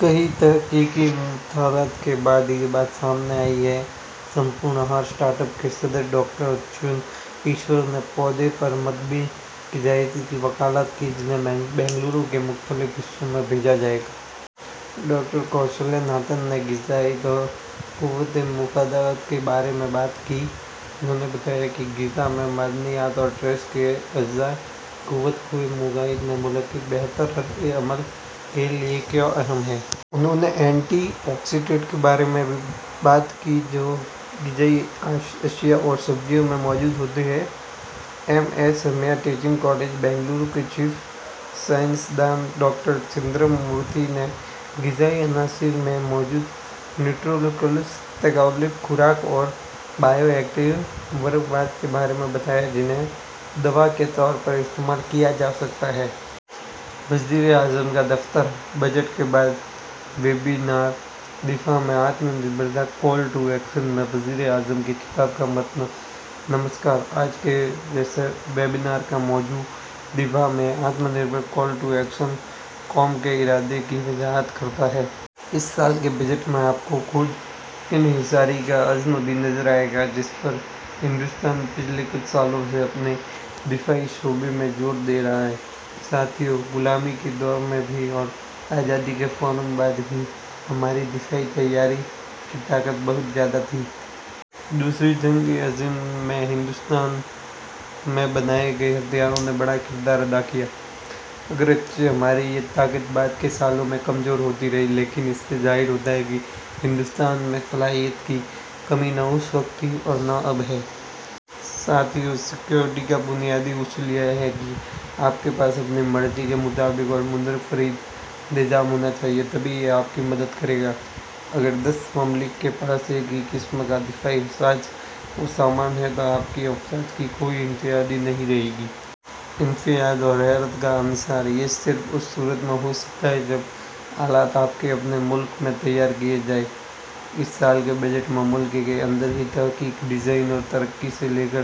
کئی تحقیقی مطالعات کے بعد یہ بات سامنے آئی ہے۔ ''سمپورن آہار'' اسٹارٹ اپ کے صدر ڈاکٹر اچوتن ایشور نے پودے پر مبنی غذائیت کی وکالت کی جنہیں بنگلورو کے مختلف حصوں میں بھیجا جائے گا۔ ڈاکٹر کوشلیا ناتھن نے غذائیت اور قوت مدافعت کے بارے میں بات کی۔ انہو ں نے بتایا کہ غذا میں معدنیات اور ٹریس کے اجزاء قوت مدافعت سے متعلق بہتر رد عمل کے لئے کیوں اہم ہیں۔ انہوں نے اینٹی آکسی ڈینٹ کے بارے میں بھی بات کی جو غذائی اشیاء اور سبزیوں میں موجود ہوتے ہیں۔ M S Ramaiah teaching college, Bengaluru کے چیف سائنسداں ڈاکٹر چدمبرم مورتی نے غذائی عناصر میں موجود نیوٹراسیوٹیکلز، تفاعلی خوراک اور بائیو ایکٹیو مرکبات کے بارے میں بتایا جنہیں دوا کے طور پر استعمال کیا جاسکتا ہے۔ وزیراعظم کا دفتر بجٹ کے بعد ویبینار 'دفاع میں Atmanirbharta call to action' میں وزیر اعظم کے خطاب کا متن نمسکار! آج کے ویبنار کا موضوع، دفاع میں Atmanirbharta call to action, قوم کے ارادوں کی وضاحت کرتا ہے۔ اس سال کے بجٹ میں آپ کو خود انحصاری کا عزم بھی نظر آئے گا جس پر ہندوستان پچھلے کچھ سالوں سے اپنے دفاعی شعبے میں زور دے رہا ہے۔ ساتھیوں، غلامی کے دور میں بھی اور آزادی کے فوراً بعد بھی ہماری دفاعی تیاری کی طاقت بہت زیادہ تھی۔ دوسری جنگ عظیم میں ہندوستان میں بنائے گئے ہتھیاروں نے بڑا کردار ادا کیا۔ اگرچہ ہماری یہ طاقت بعد کے سالوں میں کمزور ہوتی رہی، لیکن اس سے ظاہر ہوتا ہے کہ ہندوستان میں صلاحیت کی کمی نہ اس وقت تھی اور نہ اب ہے۔ ساتھیوں، سیکورٹی کا بنیادی اصول یہ ہے کہ آپ کے پاس اپنی مرضی کے مطابق اور منفرد نظام ہونا چاہیے، تبھی یہ آپ کی مدد کرے گا۔ اگر دس ممالک کے پاس ایک ہی قسم کا دفاعی سازوسامان ہے تو آپ کی افواج کی کوئی انفرادیت نہیں رہے گی۔ انفرادیت اور حیرت کا عنصر، یہ صرف اس صورت میں ہو سکتا ہے جب آلات آپ کے اپنے ملک میں تیار کیے جائیں۔ اس سال کے بجٹ میں ملک کے اندر ہی تحقیق، ڈیزائن اور ترقی سے لے کر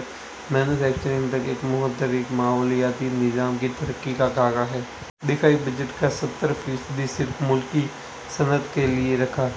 مینوفیکچرنگ تک ایک متحرک ماحولیاتی نظام کی ترقی کا خاکہ ہے۔ دفاعی بجٹ کا ستر فیصد صرف ملکی صنعت کے لیے رکھا